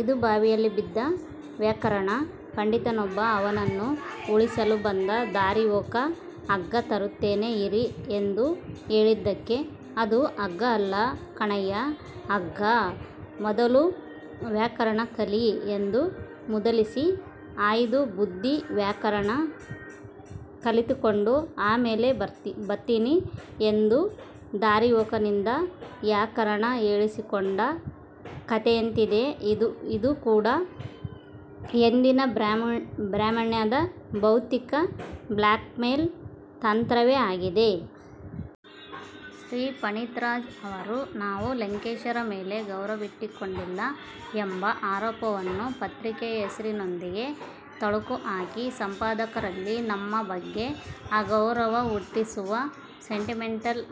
ಇದು ಬಾವಿಯಲ್ಲಿ ಬಿದ್ದ ವ್ಯಾಕರಣ ಪಂಡಿತನೊಬ್ಬ ಅವನನ್ನು ಉಳಿಸಲು ಬಂದ ದಾರಿಹೋಕ 'ಅಗ್ಗ ತರುತ್ತೇನೆ ಇರಿ' ಎಂದು ಹೇಳಿದ್ದಕ್ಕೆ, 'ಅದು 'ಅಗ್ಗ' ಅಲ್ಲ ಕಣಯ್ಯ 'ಹಗ್ಗ', ಮೊದಲು ವ್ಯಾಕರಣ ಕಲಿ' ಎಂದು ಮೂದಲಿಸಿ 'ಆಯ್ತು ಬುದ್ಧಿ, ವ್ಯಾಕರಣ ಕಲಿತುಕೊಂಡು ಆಮೇಲೆ ಬತ್ತೀನಿ' ಎಂದು ದಾರಿಹೋಕನಿಂದ 'ಯಾಕರಣ' ಹೇಳಿಸಿಕೊಂಡ ಕಥೆಯಂತಿದೆ ಇದೂ ಕೂಡ ಎಂದಿನ 'ಬ್ರಾಹ್ಮಣ್ಯ'ದ ಬೌದ್ಧಿಕ ಬ್ಲ್ಯಾಕ್ಮೇಲ್ ತಂತ್ರವೇ ಆಗಿದೆ. ಶ್ರೀ ಫಣಿರಾಜ್ ಅವರು ನಾವು ಲಂಕೇಶರ ಮೇಲೆ ಗೌರವವಿಟ್ಟುಕೊಂಡಿಲ್ಲ ಎಂಬ ಆರೋಪವನ್ನು ಪತ್ರಿಕೆಯ ಹೆಸರಿನೊಂದಿಗೆ ತಳುಕು ಹಾಕಿ ಸಂಪಾದಕರಲ್ಲಿ ನಮ್ಮ ಬಗ್ಗೆ ಅಗೌರವ ಹುಟ್ಟಿಸುವ 'ಸೆಂಟಿಮೆಂಟಲ್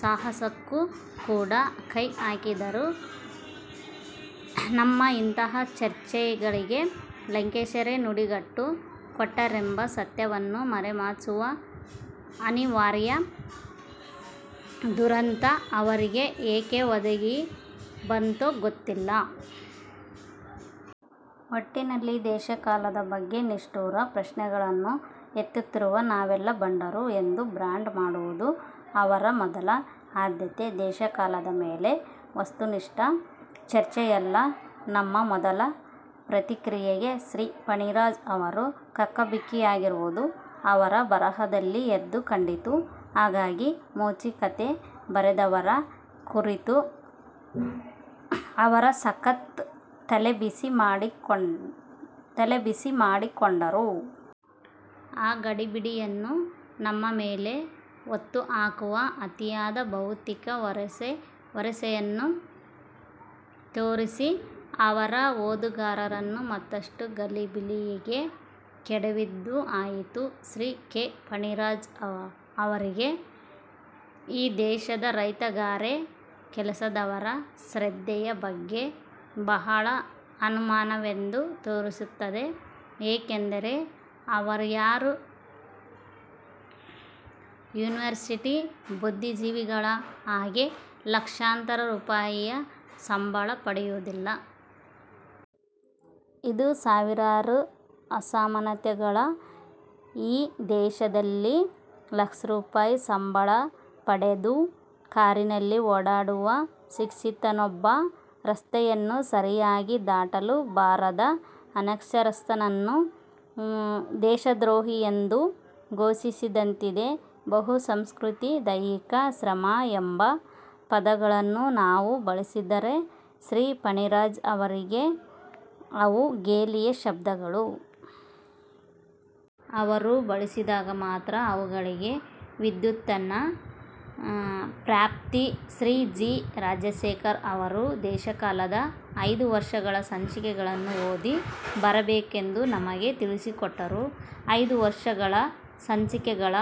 ಸಾಹಸ'ಕ್ಕೂ ಕೂಡ ಕೈ ಹಾಕಿದರು. ನಮ್ಮ ಇಂತಹ ಚರ್ಚೆಗಳಿಗೆ ಲಂಕೇಶರೇ ನುಡಿಗಟ್ಟು ಕೊಟ್ಟರೆಂಬ ಸತ್ಯವನ್ನು ಮರೆಮಾಚುವ ಅನಿವಾರ್ಯ ದುರಂತ ಅವರಿಗೆ ಏಕೆ ಒದಗಿ ಬಂತೋ ಗೊತ್ತಿಲ್ಲ. ಒಟ್ಟಿನಲ್ಲಿ 'ದೇಶಕಾಲ'ದ ಬಗ್ಗೆ ನಿಷ್ಠುರ ಪ್ರಶ್ನೆಗಳನ್ನು ಎತ್ತುತ್ತಿರುವ ನಾವೆಲ್ಲ 'ಭಂಡರು' ಎಂದು ಬ್ರಾಂಡ್ ಮಾಡುವುದು ಅವರ ಮೊದಲ ಆದ್ಯತೆ 'ದೇಶಕಾಲ'ದ ಮೇಲಿನ ವಸ್ತುನಿಷ್ಠ ಚರ್ಚೆಯಲ್ಲ. ನಮ್ಮ ಮೊದಲ ಪ್ರತಿಕ್ರಿಯೆಗೆ ಶ್ರೀ ಫಣಿರಾಜ್ ಅವರು ಕಕ್ಕಾಬಿಕ್ಕಿಯಾಗಿರುವುದು ಅವರ ಬರಹದಲ್ಲಿ ಎದ್ದು ಕಂಡಿತು. ಹಾಗಾಗಿ 'ಮೋಚಿ' ಕಥೆ ಬರೆದವರ ಕುರಿತು ಅವರು 'ಸಖತ್' ತಲೆ ಬಿಸಿ ಮಾಡಿಕೊಂಡರು. ಆ ಗಡಿಬಿಡಿಯನ್ನು ನಮ್ಮ ಮೇಲೆ ಹೊತ್ತುಹಾಕುವ ಅತಿಯಾದ 'ಬೌದ್ಧಿಕ ವರಸೆ'ಯನ್ನೂ ತೋರಿಸಿ ಅವರು ಓದುಗರನ್ನು ಮತ್ತಷ್ಟು ಗಲಿಬಿಲಿಗೆ ಕೆಡವಿದ್ದೂ ಆಯಿತು. ಶ್ರೀ ಕೆ. ಫಣಿರಾಜ್ ಅವರಿಗೆ ಈ ದೇಶದ ರೈತ ಗಾರೆ ಕೆಲಸದವರ ಶ್ರದ್ಧೆಯ ಬಗ್ಗೆ ಬಹಳ ಅನುಮಾನವೆಂದು ತೋರುತ್ತದೆ. ಯಾಕೆಂದರೆ ಅವರ್ಯಾರೂ ಯುನಿವರ್ಸಿಟಿ ಬುದ್ಧಿಜೀವಿಗಳ ಹಾಗೆ ಲಕ್ಷಾಂತರ ರೂಪಾಯಿಯ ಸಂಬಳ ಪಡೆಯುವುದಿಲ್ಲ. ಇದು ಸಾವಿರಾರು ಅಸಮಾನತೆಗಳ ಈ ದೇಶದಲ್ಲಿ ಲಕ್ಷ ರೂಪಾಯಿ ಸಂಬಳ ಪಡೆದು ಕಾರಿನಲ್ಲಿ ಓಡಾಡುವ 'ಸುಶಿಕ್ಷಿತ'ನೊಬ್ಬ ರಸ್ತೆಯನ್ನು ಸರಿಯಾಗಿ ದಾಟಲು ಬಾರದ ಅನಕ್ಷರಸ್ಥನನ್ನು ದೇಶದ್ರೋಹಿಯೆಂದು ಘೋಷಿಸಿದಂತಿದೆ. 'ಬಹು ಸಂಸ್ಕೃತಿ', 'ದೈಹಿಕ ಶ್ರಮ' ಎಂಬ ಪದಗಳನ್ನು ನಾವು ಬಳಸಿದರೆ ಶ್ರೀ ಫಣಿರಾಜ್ ಅವರಿಗೆ ಅವು ಗೇಲಿಯ ಶಬ್ದಗಳು. ಅವರು ಬಳಸಿದಾಗ ಮಾತ್ರ ಅವುಗಳಿಗೆ 'ವಿದ್ವತ್ತನ' ಪ್ರಾಪ್ತಿ. ಶ್ರೀ ಜಿ. ರಾಜಶೇಖರ್ ಅವರು 'ದೇಶಕಾಲ'ದ ಐದೂ ವರ್ಷಗಳ ಸಂಚಿಕೆಗಳನ್ನು ಓದಿ ಬರಬೇಕೆಂದು ನಮಗೆ ತಿಳಿಸಿಕೊಟ್ಟರು. ಐದೂ ವರ್ಷಗಳ ಸಂಚಿಕೆಗಳ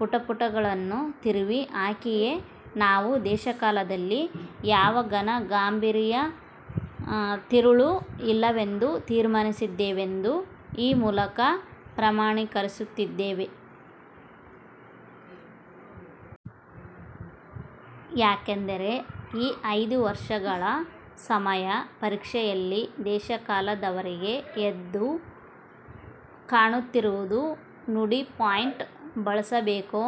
ಪುಟಪುಟಗಳನ್ನೂ ತಿರುವಿ ಹಾಕಿಯೇ ನಾವು 'ದೇಶಕಾಲ'ದಲ್ಲಿ ಯಾವ ಘನ ಗಾಂಭೀರ್ಯ ತಿರುಳೂ ಇಲ್ಲವೆಂದು ತೀರ್ಮಾನಿಸಿದ್ದೇವೆಂದು ಈ ಮೂಲಕ ಪ್ರಮಾಣೀಕರಿಸುತ್ತಿದ್ದೇವೆ. ಯಾಕೆಂದರೆ ಈ ಐದು ವರ್ಷಗಳ 'ಸಮಯ ಪರೀಕ್ಷೆ'ಯಲ್ಲಿ 'ದೇಶಕಾಲ'ದವರಿಗೆ ಎದ್ದು ಕಾಣುತ್ತಿರುವುದು 'ನುಡಿ ಫಾಂಟ್ ಬಳಸಬೇಕೋ,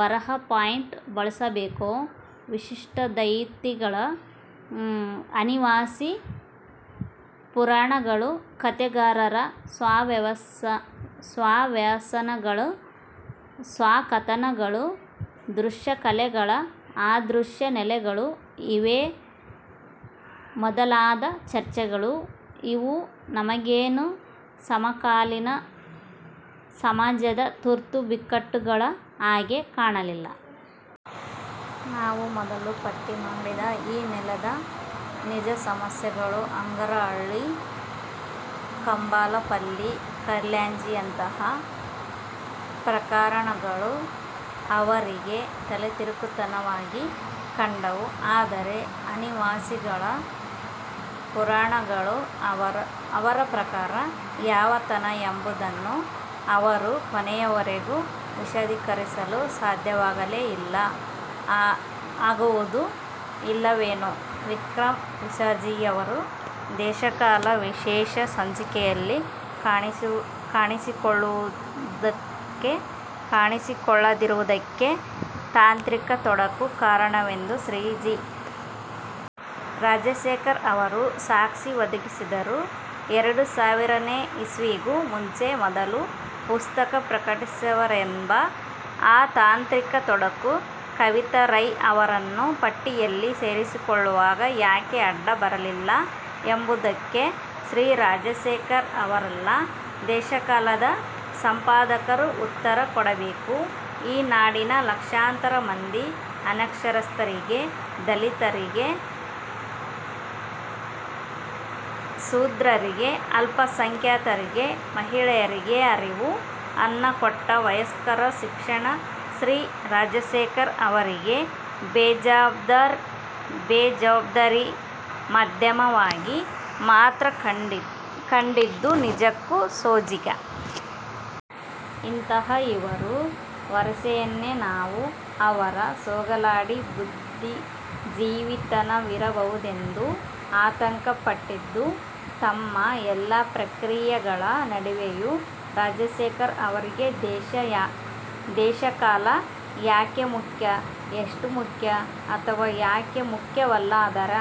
ಬರಹ ಫಾಂಟ್ ಬಳಸಬೇಕೋ', 'ವಿಶಿಷ್ಟಾದ್ವೈತಿಗಳ ಅನಿವಾಸಿ ಪುರಾಣಗಳು', 'ಕಥೆಗಾರರ ಸ್ವ-ವ್ಯಸನಗಳು- ಸ್ವ-ಕಥನಗಳು', 'ದೃಶ್ಯಕಲೆಗಳ ಅ-ದೃಶ್ಯ ನೆಲೆಗಳು' ಇವೇ ಮೊದಲಾದ ಚರ್ಚೆಗಳು. ಇವು ನಮಗೇನೂ ಸಮಕಾಲೀನ ಸಮಾಜದ ತುರ್ತು ಬಿಕ್ಕಟ್ಟುಗಳ ಹಾಗೆ ಕಾಣಲಿಲ್ಲ. ನಾವು ಮೊದಲು ಪಟ್ಟಿ ಮಾಡಿದ ಈ ನೆಲದ ನಿಜಸಮಸ್ಯೆಗಳು, ಹಂಗರಹಳ್ಳಿ, ಕಂಬಾಲಪಲ್ಲಿ, ಖೈರ್ಲಾಂಜಿಯಂತಹ ಪ್ರಕರಣಗಳು ಅವರಿಗೆ 'ತಲೆತಿರುಕತನ'ವಾಗಿ ಕಂಡವು. ಆದರೆ 'ಅನಿವಾಸಿಗಳ ಪುರಾಣಗಳು' ಅವರ ಪ್ರಕಾರ ಯಾವ 'ತನ' ಎಂಬುದನ್ನು ಅವರು ಕೊನೆಯವರೆಗೂ ವಿಶದೀಕರಿಸಲು ಸಾಧ್ಯವಾಗಲೇ ಇಲ್ಲ. ಆಗುವುದೂ ಇಲ್ಲವೇನೋ? ವಿಕ್ರಮ ವಿಸಾಜಿಯವರು 'ದೇಶಕಾಲ' ವಿಶೇಷ ಸಂಚಿಕೆಯಲ್ಲಿ ಕಾಣಿಸಿಕೊಳ್ಳದಿರುವುದಕ್ಕೆ ತಾಂತ್ರಿಕ ತೊಡಕು ಕಾರಣವೆಂದು ಶ್ರೀ ಜಿ. ರಾಜಶೇಖರ್ ಅವರು ಸಾಕ್ಷಿ ಒದಗಿಸಿದರು. ಎರಡು ಸಾವಿರನೇ ಇಸವಿಗೂ ಮುಂಚೆ ಮೊದಲ ಪುಸ್ತಕ ಪ್ರಕಟಿಸಿದವರೆಂಬ ಆ 'ತಾಂತ್ರಿಕ ತೊಡಕು' ಕವಿತಾ ರೈ ಅವರನ್ನು ಪಟ್ಟಿಯಲ್ಲಿ ಸೇರಿಸಿಕೊಳ್ಳುವಾಗ ಯಾಕೆ ಅಡ್ಡ ಬರಲಿಲ್ಲ ಎಂಬುದಕ್ಕೆ ಶ್ರೀ ರಾಜಶೇಖರ್ ಅವರಲ್ಲ. 'ದೇಶಕಾಲ'ದ ಸಂಪಾದಕರು ಉತ್ತರ ಕೊಡಬೇಕು. ಈ ನಾಡಿನ ಲಕ್ಷಾಂತರ ಮಂದಿ ಅನಕ್ಷರಸ್ಥರಿಗೆ, ದಲಿತರಿಗೆ, ಶೂದ್ರರಿಗೆ, ಅಲ್ಪ ಸಂಖ್ಯಾತರಿಗೆ, ಮಹಿಳೆಯರಿಗೆ ಅರಿವು, ಅನ್ನ ಕೊಟ್ಟ ವಯಸ್ಕರ ಶಿಕ್ಷಣ ಶ್ರೀ ರಾಜಶೇಖರ್ ಅವರಿಗೆ 'ಬೇಜವಾಬ್ದಾರಿ ಮಾಧ್ಯಮ'ವಾಗಿ ಮಾತ್ರ ಕಂಡಿದ್ದು ನಿಜಕ್ಕೂ ಸೋಜಿಗ. ಇಂತಹ ಇವರ ವರಸೆಯನ್ನೇ ನಾವು ಅವರ ಸೋಗಲಾಡಿ ಬುದ್ಧಿಜೀವಿತನವಿರಬಹುದೆಂದು ಆತಂಕ ಪಟ್ಟಿದ್ದು. ತಮ್ಮ ಎಲ್ಲಾ ಪ್ರತಿಕ್ರಿಯೆಗಳ ನಡುವೆಯೂ ರಾಜಶೇಖರ್ ಅವರಿಗೆ 'ದೇಶ ಕಾಲ' ಯಾಕೆ ಮುಖ್ಯ, ಎಷ್ಟು ಮುಖ್ಯ, ಅಥವಾ ಯಾಕೆ ಮುಖ್ಯವಲ್ಲ ಅದರ